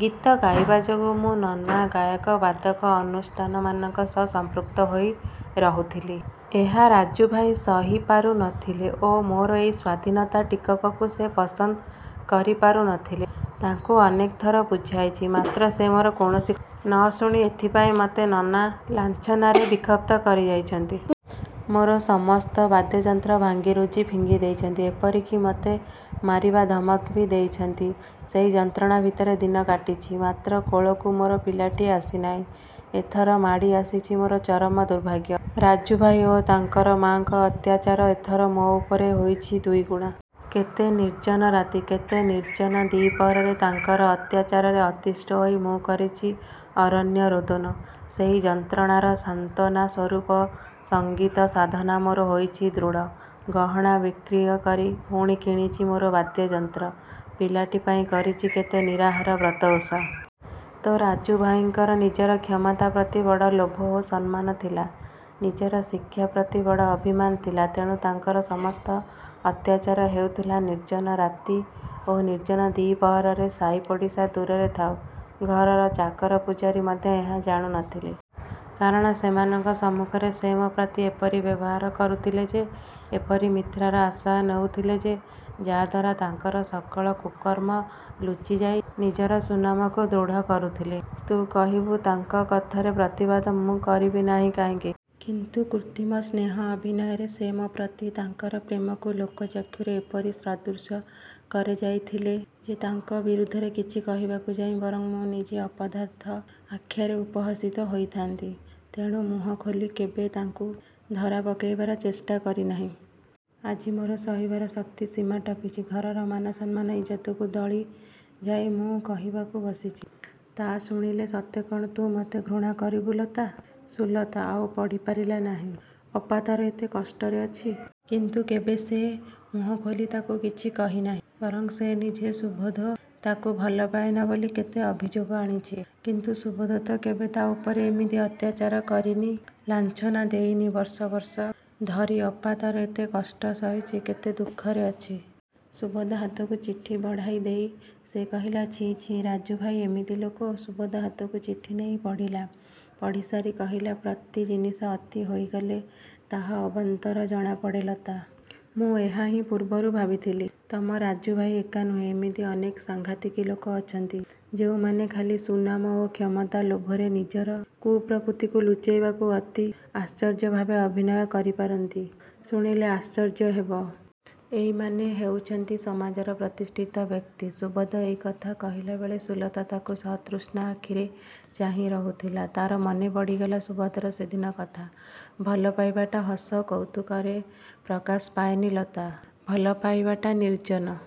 ଗୀତ ଗାଇବା ଯୋଗୁଁ ମୁଁ ନାନା ଗାୟକ, ବାଦକ ଅନୁଷ୍ଠାନମାନଙ୍କ ସହ ସଂପୃକ୍ତ ହୋଇ ରହୁଥିଲି। ଏହା ରାଜୁଭାଇ ସହିପାରୁ ନଥିଲେ ଓ ମୋର ଏଇ ସ୍ଵାଧୀନତା ଟିକକକୁ ସେ ପସନ୍ଦ କରିପାରୁ ନଥିଲେ। ତାଙ୍କୁ ଅନେକଥର ବୁଝାଇଚି, ମାତ୍ର ସେ ମୋର କୌଣସି ନଶୁଣି ଏଥିପାଇଁ ମତେ ନାନା ଲାଞ୍ଛନାରେ ବିକ୍ଷତ କରିଯାଇଛନ୍ତି। ମୋର ସମସ୍ତ ବାଦ୍ୟଯନ୍ତ୍ର ଭାଙ୍ଗିରୁଜି ଫିଙ୍ଗି ଦେଇଛନ୍ତି, ଏପରିକି ମତେ ମାରିବା ଧମକ ବି ଦେଇଛନ୍ତି। ସେଇ ଯନ୍ତ୍ରଣା ଭିତରେ ଦିନ କଟିଚି। ମାତ୍ର କୋଳକୁ ମୋର ପିଲାଟିଏ ଆସିନାହିଁ। ଏଥର ମାଡ଼ି ଆସିଚି ମୋର ଚରମ ଦୁର୍ଭାଗ୍ୟ। ରାଜୁଭାଇ ଓ ତାଙ୍କର ମା'ଙ୍କର ଅତ୍ୟାଚାର ଏଥର ମୋ ଉପରେ ହୋଇଛି ଦୁଇଗୁଣା। କେତେ ନିର୍ଜନ ରାତି, କେତେ ନିର୍ଜନ ଦ୍ଵିପ୍ରହରରେ ତାଙ୍କର ଅତ୍ୟାଚାରରେ ଅତିଷ୍ଠ ହୋଇ ମୁଁ କରିଛି ଅରଣ୍ୟ ରୋଦନ। ସେଇ ଯନ୍ତ୍ରଣାର ସାନ୍ତ୍ୱନା ସ୍ୱରୂପ ସଙ୍ଗୀତ ସାଧନା ମୋର ହୋଇଛି ଦୃଢ଼। ଗହଣା ବିକ୍ରିୟ କରି ପୁଣି କିଣିଚି ମୋର ବାଦ୍ୟଯନ୍ତ୍ର। ପିଲାଟି ପାଇଁ କରିଚି କେତେ ନିରାହାର ବ୍ରତ ଓଷା। ତୋ' ରାଜୁଭାଇଙ୍କର ନିଜର କ୍ଷମତା ପ୍ରତି ବଡ଼ ଲୋଭ ଓ ସମ୍ମାନ ଥିଲା। ନିଜର ଶିକ୍ଷାପ୍ରତି ବଡ଼ ଅଭିମାନ ଥିଲା, ତେଣୁ ତାଙ୍କର ସମସ୍ତ ଅତ୍ୟାଚାର ହେଉଥିଲା ନିର୍ଜନ ରାତି ଓ ନିର୍ଜନ ଦ୍ଵିପହରରେ। ସାଇପଡ଼ିଶା ଦୂରେ ଥାଉ ଘରର ଚାକର ପୂଝାରୀ ମଧ୍ୟ ଏହା ଜାଣୁ ନଥିଲେ। କାରଣ ସେମାନଙ୍କ ସମ୍ମୁଖରେ ସେ ମୋ ପ୍ରତି ଏପରି ବ୍ୟବହାର କରୁଥିଲେ ଯେ, ଏପରି ମିଥ୍ୟାର ଆଶ୍ରୟ ନଉଥିଲେ ଯେ, ଯା' ଦ୍ଵାରା ତାଙ୍କର ସକଳ କୁକର୍ମ ଲୁଚିଯାଇ, ନିଜର ସୁନାମକୁ ଦୃଢ଼ କରୁଥିଲେ। ତୁ କହିବୁ, ତାଙ୍କ କଥାର ପ୍ରତିବାଦ ମୁଁ କରିବି ନାହିଁ କାହିଁକି? କିନ୍ତୁ କୃତ୍ରିମ ସ୍ନେହ ଅଭିନୟରେ ସେ ମୋ' ପ୍ରତି ତାଙ୍କର ପ୍ରେମକୁ ଲୋକଚକ୍ଷୁରେ ଏପରି ସୁଦୃଷ କରିଯାଇଥିଲେ ଯେ ତାଙ୍କ ବିରୁଦ୍ଧରେ କିଛି କହିବାକୁ ଯାଇ ବରଂ ମୁଁ ନିଜେ ଅପଦାର୍ଥ ଆଖ୍ୟାରେ ଉପହସିତ ହୋଇଥାନ୍ତି। ତେଣୁ ମୁହଁ ଖୋଲି କେବେ ତାଙ୍କୁ ଧରାପକାଇବାର ଚେଷ୍ଟା କରି ନାହିଁ। ଆଜି ମୋର ସହିବାର ଶକ୍ତି ସୀମା ଟପିଚି। ଘରର ମାନସମ୍ମାନ ଇଜ୍ଜତକୁ ଦଳି ଯାଇ ମୁଁ କରିବାକୁ ବସିଚି, ତା ଶୁଣିଲେ ସତେ କ'ଣ ତୁ ମତେ ଘୃଣା କରିବୁ ଲତା?" ସୁଲତା ଆଉ ପଢ଼ି ପାରିଲା ନାହିଁ। ଅପା ତାର ଏତେ କଷ୍ଟରେ ଅଛି? କିନ୍ତୁ କେବେ ସେ ମୁହଁଖୋଲି ତାକୁ କିଛି କହିନାହିଁ। ବରଂ ସେ ନିଜେ ସୁବୋଧ ତାକୁ ଭଲପାଏନା ବୋଲି କେତେ ଅଭିଯୋଗ ଆଣିଚି। କିନ୍ତୁ ସୁବୋଧ ତ କେବେ ତା' ଉପରେ ଏମିତି ଅତ୍ୟାଚାର କରିନି, ଲାଞ୍ଛନା ଦେଇନି, ବର୍ଷ ବର୍ଷ ଧରି ଅପା ତାର ଏତେ କଷ୍ଟ ସହିଚି, କେତେ ଦୁଃଖରେ ଅଛି! ସୁବୋଧ ହାତକୁ ଚିଠି ବଢ଼ାଇ ଦେଇ ସେ କହିଲା, "ଛି, ଛି, ରାଜୁଭାଇ ଏମିତି ଲୋକ!"ସୁବୋଧ ହାତକୁ ଚିଠି ନେଇ ପଢ଼ିଲା। ପଢ଼ିସାରି କହିଲା, "ପ୍ରତି ଜିନିଷ ଅତି ହୋଇଗଲେ ତାହା ଅବାନ୍ତର ଜଣାପଡ଼େ ଲତା! ମୁଁ ଏହାହିଁ ପୂର୍ବରୁ ଭାବିଥିଲି। ତମ ରାଜୁଭାଇ ଏକା ନୁହେଁ, ଏମିତି ଅନେକ ସାଙ୍ଘାତିକ ଲୋକ ଅଛନ୍ତି, ଯେଉଁମାନେ ଖାଲି ସୁନାମ ଓ କ୍ଷମତା ଲୋଭରେ ନିଜର କୁପ୍ରକୃତିକୁ ଲୁଚେଇବାକୁ ଅତି ଆଶ୍ଚର୍ଯ୍ୟଭାବେ ଅଭିନୟ କରିପାରନ୍ତି, ଶୁଣିଲେ ଆଶ୍ଚର୍ଯ୍ୟ ହେବ। ଏଇମାନେ ହେଉଛନ୍ତି ସମାଜର ପ୍ରତିଷ୍ଠିତ ବ୍ୟକ୍ତି।"ସୁବୋଧ ଏଇ କଥା କହିଲାବେଳେ ସୁଲତା ତାକୁ ସତୃଷ୍ଣ ଆଖିରେ ଚାହିଁ ରହୁଥିଲା। ତାର ମନେ ପଡ଼ିଗଲା ସୁବୋଧର ସେଦିନ କଥା ଭଲପାଇବାଟା ହସ କୌତୁକରେ ପ୍ରକାଶ ପାଏନି ଲତା, ଭଲପାଇବାଟା ନିର୍ଜନ।